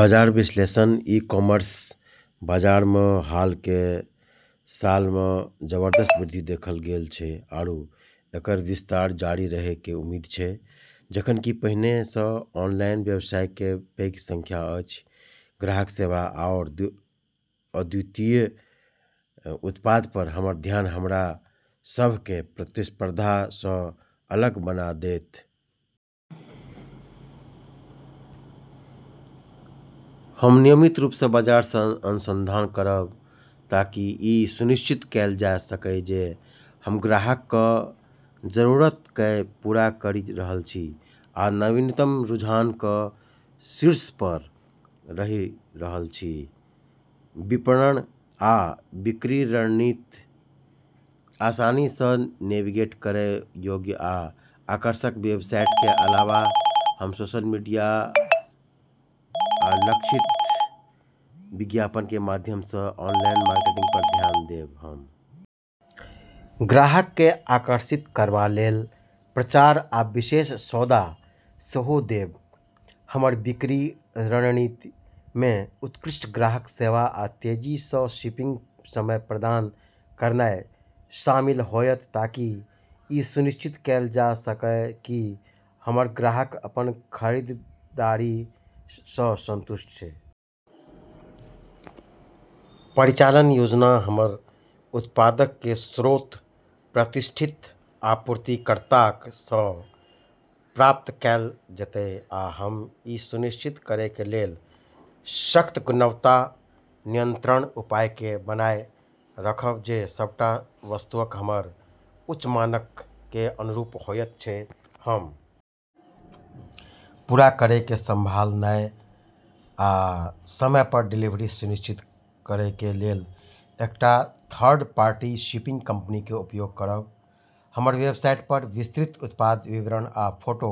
बाजार विश्लेषण e commerce बाजार मऽ हाल के सालऽ मऽ जबरदस्त वृद्धि देखल गेल छै आरू एकरऽ विस्तार जारी रहै के उम्मीद छै। जखन कि पहिने सऽ ऑनलाइन व्यवसाय के पैघ संख्या अछि ग्राहक सेवा आओर अद्वितीय उत्पाद पर हमर ध्यान हमरा सभ के प्रतिस्पर्धा सऽ अलग बना देत । हम नियमित रूप स बाजार अनुसंधान करब ताकि इ सुनिश्चित कैल जा सकए जे हम ग्राहक कऽ जरूरत कए पूरा करि रहल छी आ नवीनतम रुझान कऽ शीर्ष पर रहि रहल छी। विपणन आ बिक्री रणनीत आसानी सऽ नेविगेट करय योग्य आ आकर्षक वेबसाइट के अलावा हम सोशल मीडिया आ लक्षित विज्ञापन के माध्यम सऽ ऑनलाइन मार्केटिंग पर ध्यान देब ।हम ग्राहक के आकर्षित करबा लेल प्रचार आ विशेष सौदा सेहो देब। हमर बिक्री रणनीति मे उत्कृष्ट ग्राहक सेवा आ तेजी सऽ शिपिंग समय प्रदान करनाय शामिल होयत ताकि इ सुनिश्चित कैल जा सकय कि हमर ग्राहक अपन खरीदारी सऽ संतुष्ट छै । परिचालन योजना हमर उत्पादक के स्रोत प्रतिष्ठित आपूर्तिकर्ताक सऽ प्राप्त कैल जेतय आ हम इ सुनिश्चित करय के लेल सख्त गुणवत्ता नियंत्रण उपायक के बनाए रखब जे सबटा वस्तुअक हमर उच्च मानक के अनुरूप होयत छै ।हम पूरा करय के संभालनाय आ समय पर डिलीवरी सुनिश्चित करय के लेल एकटा थर्ड पार्टी शिपिंग कंपनी के उपयोग करब ।हमर वेबसाइट पर विस्तृत उत्पाद विवरण आ फोटो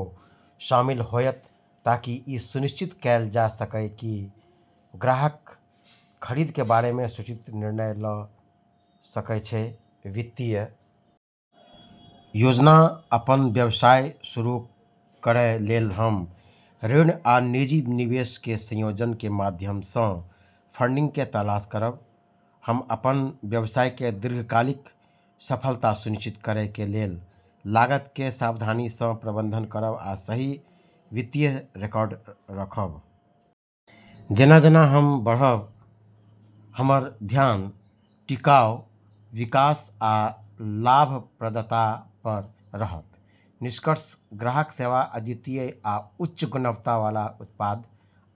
शामिल होयत ताकि इ सुनिश्चित कैल जा सकय कि ग्राहक खरीद के बारे मे सूचित निर्णय ल सकय छै ।वित्तीय योजना अपन व्यवसाय शुरू करय लेल हम ऋण आ निजी निवेश के संयोजन के माध्यम सं फंडिंग के तलाश करब। हम अपन व्यवसाय के दीर्घकालिक सफलता सुनिश्चित करय के लेल लागत के सावधानी सं प्रबंधन करब आ सही वित्तीय रिकॉर्ड रखब । जेना जेना हम बढ़ब, हमर ध्यान टिकाऊ विकास आ लाभप्रदता पर रहत। निष्कर्ष ग्राहक सेवा, अद्वितीय आ उच्च गुणवत्ता वाला उत्पाद,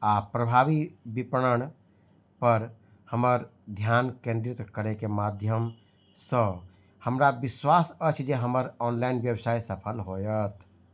आ प्रभावी विपणन पर हमर ध्यान केंद्रित करय के माध्यम सऽ हमरा विश्वास अछि जे हमर ऑनलाइन व्यवसाय सफल होयत l